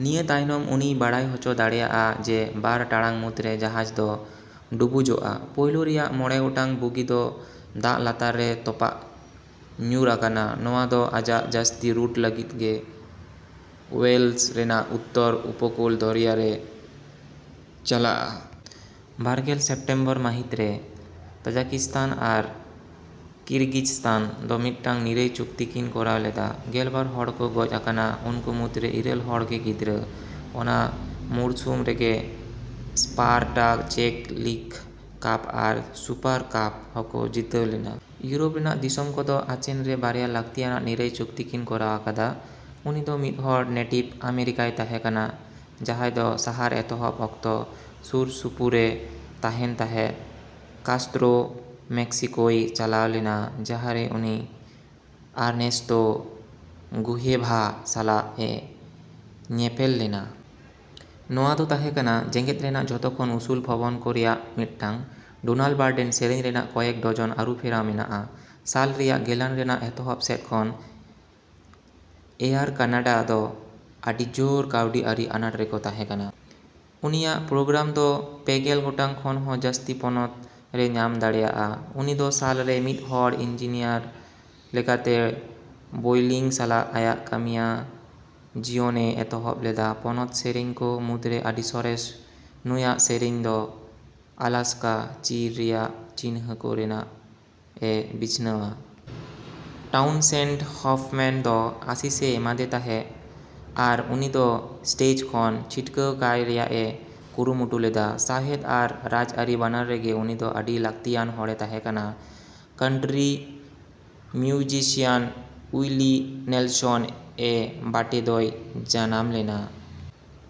‎ᱱᱤᱭᱟᱹ ᱛᱟᱭᱚᱢ ᱩᱱᱤᱭ ᱵᱟᱲᱟᱭ ᱦᱚᱪᱚ ᱫᱟᱲᱮᱭᱟᱜᱼᱟ, ᱡᱮ ᱵᱟᱨ ᱴᱟᱲᱟᱝ ᱢᱩᱫᱨᱮ ᱡᱟᱦᱟᱡ ᱫᱚ ᱰᱩᱵᱩᱡᱚᱜᱼᱟ᱾ ᱯᱳᱭᱞᱳ ᱨᱮᱭᱟᱜ ᱢᱚᱬᱮ ᱜᱚᱴᱟᱝ ᱵᱩᱜᱤ ᱫᱚ ᱫᱟᱜ ᱞᱟᱛᱟᱨ ᱨᱮ ᱛᱚᱯᱟᱜ ᱧᱩᱨ ᱟᱠᱟᱱᱟ᱾ ᱱᱚᱶᱟ ᱫᱚ ᱟᱡᱟᱜ ᱡᱟᱹᱥᱛᱤ ᱨᱩᱴ ᱞᱟᱹᱜᱤᱫ ᱜᱮ ᱳᱭᱮᱞᱥ ᱨᱮᱭᱟᱜ ᱩᱛᱛᱚᱨ ᱩᱯᱚᱠᱩᱞ ᱫᱷᱩᱨᱭᱟᱹ ᱨᱮ ᱪᱟᱞᱟᱜᱼᱟ᱾ ᱵᱟᱨᱜᱮᱞ ᱥᱮᱯᱴᱮᱢᱵᱚᱨ ᱢᱟᱹᱦᱤᱛᱨᱮ, ᱛᱟᱡᱟᱠᱤᱥᱛᱟᱱ ᱟᱨ ᱠᱤᱨᱜᱤᱡᱥᱛᱟᱱ ᱫᱚ ᱢᱤᱫᱴᱟᱝ ᱱᱤᱨᱟᱹᱭ ᱪᱩᱠᱛᱤ ᱠᱤᱱ ᱠᱚᱨᱟᱣ ᱞᱮᱫᱟ᱾ ᱜᱮᱞᱵᱟᱨ ᱦᱚᱲ ᱠᱚ ᱜᱚᱡ ᱟᱠᱟᱱᱟ, ᱩᱱᱠᱩ ᱢᱩᱫᱨᱮ ᱤᱨᱟᱹᱞ ᱦᱚᱲ ᱜᱮ ᱜᱤᱫᱽᱨᱟᱹ᱾ ᱚᱱᱟ ᱢᱩᱲᱥᱩᱢ ᱨᱮᱜᱮ ᱥᱯᱟᱨᱴᱟ ᱪᱮᱠ ᱞᱤᱜ ᱠᱟᱯ ᱟᱨ ᱥᱩᱯᱟᱨ ᱠᱟᱯ ᱦᱚᱸᱠᱚ ᱡᱤᱛᱟᱹᱣ ᱞᱮᱱᱟ᱾ ᱤᱭᱩᱨᱳᱯ ᱨᱮᱭᱟᱜ ᱫᱤᱥᱚᱢ ᱠᱚᱫᱚ ᱟᱪᱮᱱ ᱨᱮ ᱵᱟᱨᱭᱟ ᱞᱟᱹᱠᱛᱤᱭᱟᱱᱟᱜ ᱱᱤᱨᱟᱹᱭ ᱪᱩᱠᱛᱤ ᱠᱤᱱ ᱠᱚᱨᱟᱣ ᱟᱠᱟᱫᱟ᱾ ᱩᱱᱤᱫᱚ ᱢᱤᱫᱦᱚᱲ ᱱᱮᱴᱤᱵᱷ ᱟᱢᱮᱨᱤᱠᱟᱭ ᱛᱟᱦᱮᱸ ᱠᱟᱱᱟ ᱡᱟᱸᱦᱟᱭ ᱫᱚ ᱥᱟᱦᱟᱨ ᱮᱛᱚᱦᱚᱵ ᱚᱠᱛᱚ ᱥᱩᱨᱥᱩᱯᱩᱨᱮ ᱛᱟᱦᱮᱱ ᱛᱟᱦᱮᱸ᱾ ᱠᱟᱥᱛᱨᱳ ᱢᱮᱥᱠᱤᱠᱳᱭ ᱞᱟᱪᱟᱣ ᱞᱮᱱᱟ, ᱡᱟᱸᱦᱟᱨᱮ ᱩᱱᱤ ᱟᱨᱱᱮᱥᱛᱳ ᱜᱩᱦᱮᱵᱷᱟ ᱥᱟᱞᱟᱜ ᱮ ᱧᱮᱯᱮᱞ ᱞᱮᱱᱟ᱾ ᱱᱚᱶᱟ ᱫᱚ ᱛᱟᱦᱮᱸ ᱠᱟᱱᱟ ᱡᱮᱜᱮᱫ ᱨᱮᱭᱟᱜ ᱡᱚᱛᱚᱠᱷᱚᱱ ᱩᱥᱩᱞ ᱵᱷᱚᱵᱚᱱ ᱠᱚ ᱨᱮᱭᱟᱜ ᱢᱤᱫᱴᱟᱝ᱾ ᱰᱳᱱᱟᱞᱰ ᱵᱟᱨᱰᱮᱱ ᱥᱮᱹᱨᱮᱹᱧ ᱨᱮᱭᱟᱜ ᱠᱚᱭᱮᱠ ᱰᱚᱡᱚᱱ ᱟᱹᱨᱩᱯᱷᱮᱨᱟᱣ ᱢᱮᱱᱟᱜᱼᱟ᱾ ᱥᱟᱞ ᱨᱮᱭᱟᱜ ᱜᱮᱞᱟᱱ ᱨᱮᱭᱟᱜ ᱮᱛᱚᱦᱚᱵ ᱥᱮᱫ ᱠᱷᱚᱱ ᱮᱭᱟᱨ ᱠᱟᱱᱟᱰᱟ ᱫᱚ ᱟᱹᱰᱤ ᱡᱳᱨ ᱠᱟᱹᱣᱰᱤ ᱟᱹᱨᱤ ᱟᱱᱟᱴ ᱨᱮᱠᱚ ᱛᱟᱦᱮᱸ ᱠᱟᱱᱟ᱾ ᱩᱱᱤᱭᱟᱜ ᱯᱨᱳᱜᱨᱟᱢ ᱫᱚ ᱯᱮᱜᱮᱞ ᱜᱚᱴᱟᱝ ᱠᱷᱚᱱ ᱦᱚᱸ ᱡᱟᱹᱥᱛᱤ ᱯᱚᱱᱚᱛ ᱨᱮ ᱧᱟᱢ ᱫᱟᱲᱮᱭᱟᱜᱼᱟ᱾ ᱩᱱᱤ ᱫᱚ ᱥᱟᱞ ᱨᱮ ᱢᱤᱫᱦᱚᱲ ᱤᱧᱡᱤᱱᱤᱭᱟᱨ ᱞᱮᱠᱟᱛᱮ ᱵᱳᱭᱞᱤᱝ ᱥᱟᱞᱟᱜ ᱟᱭᱟᱜ ᱠᱟᱹᱢᱤᱭᱟᱹ ᱡᱤᱭᱚᱱᱮ ᱮᱛᱚᱦᱚᱵ ᱞᱮᱫᱟ᱾ ᱯᱚᱱᱚᱛ ᱥᱮᱹᱨᱮᱹᱧ ᱠᱚ ᱢᱩᱫᱨᱮ ᱟᱹᱰᱤ ᱥᱚᱨᱮᱥ, ᱱᱩᱭᱟᱜ ᱥᱮᱹᱨᱮᱹᱧ ᱫᱚ ᱟᱞᱟᱥᱠᱟ ᱪᱤᱨ ᱨᱮᱭᱟᱜ ᱪᱤᱱᱦᱟᱹ ᱠᱚ ᱨᱮᱭᱟᱜ ᱮ ᱵᱤᱪᱷᱱᱟᱹᱣᱟ᱾ ᱴᱟᱣᱩᱱᱥᱮᱱᱰ ᱦᱚᱯᱷᱢᱮᱹᱱ ᱫᱚ ᱟᱹᱥᱤᱥᱮ ᱮᱢᱟᱫᱮ ᱛᱟᱦᱮᱸ ᱟᱨ ᱩᱱᱤ ᱫᱚ ᱥᱴᱮᱡ ᱠᱷᱚᱱ ᱪᱷᱤᱴᱠᱟᱹᱣ ᱠᱟᱭ ᱨᱮᱭᱟᱜ ᱮ ᱠᱩᱨᱩᱢᱩᱴᱩ ᱞᱮᱫᱟ᱾ ᱥᱟᱶᱦᱮᱫ ᱟᱨ ᱨᱟᱡᱽ ᱟᱹᱨᱤ ᱵᱟᱱᱟᱨ ᱨᱮᱜᱮ ᱩᱱᱤᱫᱚ ᱟᱹᱰᱤ ᱞᱟᱹᱠᱛᱤᱭᱟᱱ ᱦᱚᱲᱮ ᱛᱟᱦᱮᱸ ᱠᱟᱱᱟ᱾ ᱠᱟᱱᱴᱨᱤ ᱢᱤᱭᱩᱡᱤᱥᱤᱭᱟᱱ ᱩᱭᱞᱤ ᱱᱮᱞᱥᱚᱱ ᱮᱹᱵᱟᱴᱮ ᱫᱚᱭ ᱡᱟᱱᱟᱢ ᱞᱮᱱᱟ᱾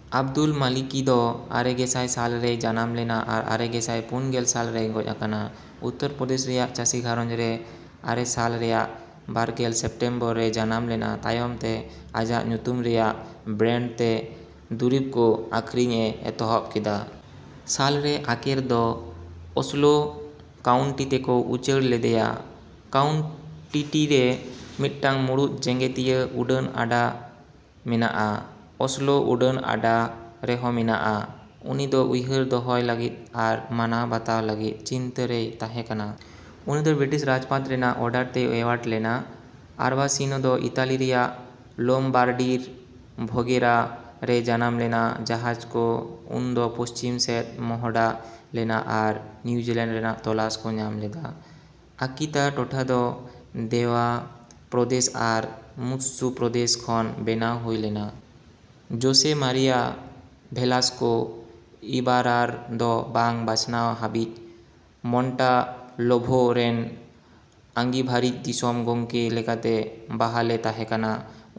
ᱟᱵᱫᱩᱞ ᱢᱟᱞᱤᱠᱤ ᱫᱚ ᱟᱨᱮᱜᱮᱥᱟᱭ ᱥᱟᱞ ᱨᱮᱭ ᱡᱟᱱᱟᱢ ᱞᱮᱱᱟ ᱟᱨ ᱟᱨᱮᱜᱮᱥᱟᱭ ᱯᱩᱱᱜᱮᱞ ᱥᱟᱞ ᱨᱮᱭ ᱜᱚᱡ ᱟᱠᱟᱱᱟ᱾ ᱩᱛᱛᱚᱨ ᱯᱨᱚᱫᱮᱥ ᱨᱮᱭᱟᱜ ᱪᱟᱹᱥᱤ ᱜᱷᱟᱸᱨᱚᱡᱽ ᱨᱮ ᱟᱨᱮ ᱥᱟᱞ ᱨᱮᱭᱟᱜ ᱵᱟᱨᱜᱮᱞ ᱥᱮᱯᱴᱮᱢᱵᱚᱨ ᱨᱮᱭ ᱡᱟᱱᱟᱢ ᱞᱮᱱᱟ᱾ ᱛᱟᱭᱚᱢ ᱛᱮ ᱟᱡᱟᱜ ᱧᱩᱛᱩᱢ ᱨᱮᱭᱟᱜ ᱵᱨᱮᱹᱱᱰ ᱛᱮ ᱫᱩᱨᱤᱵ ᱠᱚ ᱟᱹᱠᱷᱨᱤᱧ ᱮ ᱮᱛᱚᱦᱚᱵ ᱠᱮᱫᱟ᱾ ᱥᱟᱞ ᱨᱮ ᱟᱠᱮᱨ ᱫᱚ ᱚᱥᱞᱳ ᱠᱟᱣᱩᱱᱴᱤ ᱛᱮᱠᱚ ᱩᱪᱷᱟᱹᱲ ᱞᱮᱫᱮᱭᱟ᱾ ᱠᱟᱣᱩᱱᱴᱤᱴᱤᱨᱮ ᱢᱤᱫᱴᱟᱝ ᱢᱩᱲᱩᱫ ᱡᱮᱜᱮᱛᱤᱭᱟᱹ ᱩᱰᱟᱹᱱ ᱟᱰᱟ ᱢᱮᱱᱟᱜᱼᱟ, ᱚᱥᱞᱳ ᱩᱰᱟᱹᱱ ᱟᱰᱟ ᱨᱮᱦᱚᱸ ᱢᱮᱱᱟᱜᱼᱟ᱾ ᱩᱱᱤ ᱫᱚ ᱩᱭᱦᱟᱹᱨ ᱫᱚᱦᱚᱭ ᱞᱟᱹᱜᱤᱫ ᱟᱨ ᱢᱟᱱᱟᱣᱼᱵᱟᱛᱟᱣ ᱞᱟᱹᱜᱤᱫ ᱪᱤᱱᱛᱟᱹ ᱨᱮᱭ ᱛᱟᱦᱮᱸ ᱠᱟᱱᱟ᱾ ᱩᱱᱤᱫᱚ ᱵᱨᱤᱴᱤᱥ ᱨᱟᱡᱽᱯᱟᱴ ᱨᱮᱭᱟᱜ ᱚᱨᱰᱟᱨ ᱛᱮᱭ ᱮᱣᱟᱨᱰ ᱞᱮᱱᱟ᱾ ᱟᱨᱵᱟᱥᱤᱱᱳ ᱫᱚ ᱤᱛᱟᱞᱤ ᱨᱮᱭᱟᱜ ᱞᱳᱢᱵᱟᱨᱰᱤᱨ ᱵᱷᱳᱜᱮᱨᱟ ᱨᱮᱭ ᱡᱟᱱᱟᱢ ᱞᱮᱱᱟ᱾ ᱡᱟᱦᱟᱡ ᱠᱚ ᱩᱱᱫᱚ ᱯᱚᱥᱪᱷᱤᱢ ᱥᱮᱫ ᱢᱚᱦᱚᱰᱟ ᱞᱮᱱᱟ ᱟᱨ ᱱᱤᱭᱩᱡᱤᱞᱮᱹᱱᱰ ᱨᱮᱭᱟᱜ ᱛᱚᱞᱟᱥ ᱠᱚ ᱧᱟᱢ ᱞᱮᱫᱟ᱾ ᱟᱠᱤᱛᱟ ᱴᱚᱴᱷᱟ ᱫᱚ ᱫᱮᱣᱟ ᱯᱨᱚᱫᱮᱥ ᱟᱨ ᱢᱩᱛᱥᱩ ᱯᱨᱚᱫᱮᱥ ᱠᱷᱚᱱ ᱵᱮᱱᱟᱣ ᱦᱩᱭ ᱞᱮᱱᱟ᱾ ᱡᱳᱥᱮ ᱢᱟᱨᱤᱭᱟ ᱵᱷᱮᱞᱟᱥᱠᱳ ᱤᱵᱟᱨᱟᱨ ᱫᱚ ᱵᱟᱝ ᱵᱟᱪᱷᱱᱟᱣ ᱦᱟᱹᱵᱤᱡ ᱢᱚᱱᱴᱟᱞᱚᱵᱷᱳ ᱨᱮᱱ ᱟᱹᱜᱤᱵᱷᱟᱨᱤᱡ ᱫᱤᱥᱚᱢ ᱜᱚᱝᱠᱮ ᱞᱮᱠᱟᱛᱮ ᱵᱟᱦᱟᱞᱮ ᱛᱟᱦᱮᱸ ᱠᱟᱱᱟ᱾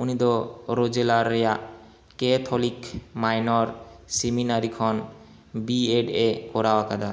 ᱩᱱᱤ ᱫᱚ ᱨᱳᱡᱮᱞᱟᱨ ᱨᱮᱭᱟᱜ ᱠᱮᱹᱛᱷᱚᱞᱤᱠ ᱢᱟᱭᱱᱚᱨ ᱥᱮᱢᱤᱱᱟᱨᱤ ᱠᱷᱚᱱ ᱵᱤ ᱮᱰ ᱮ ᱠᱚᱨᱟᱣ ᱟᱠᱟᱫᱟ᱾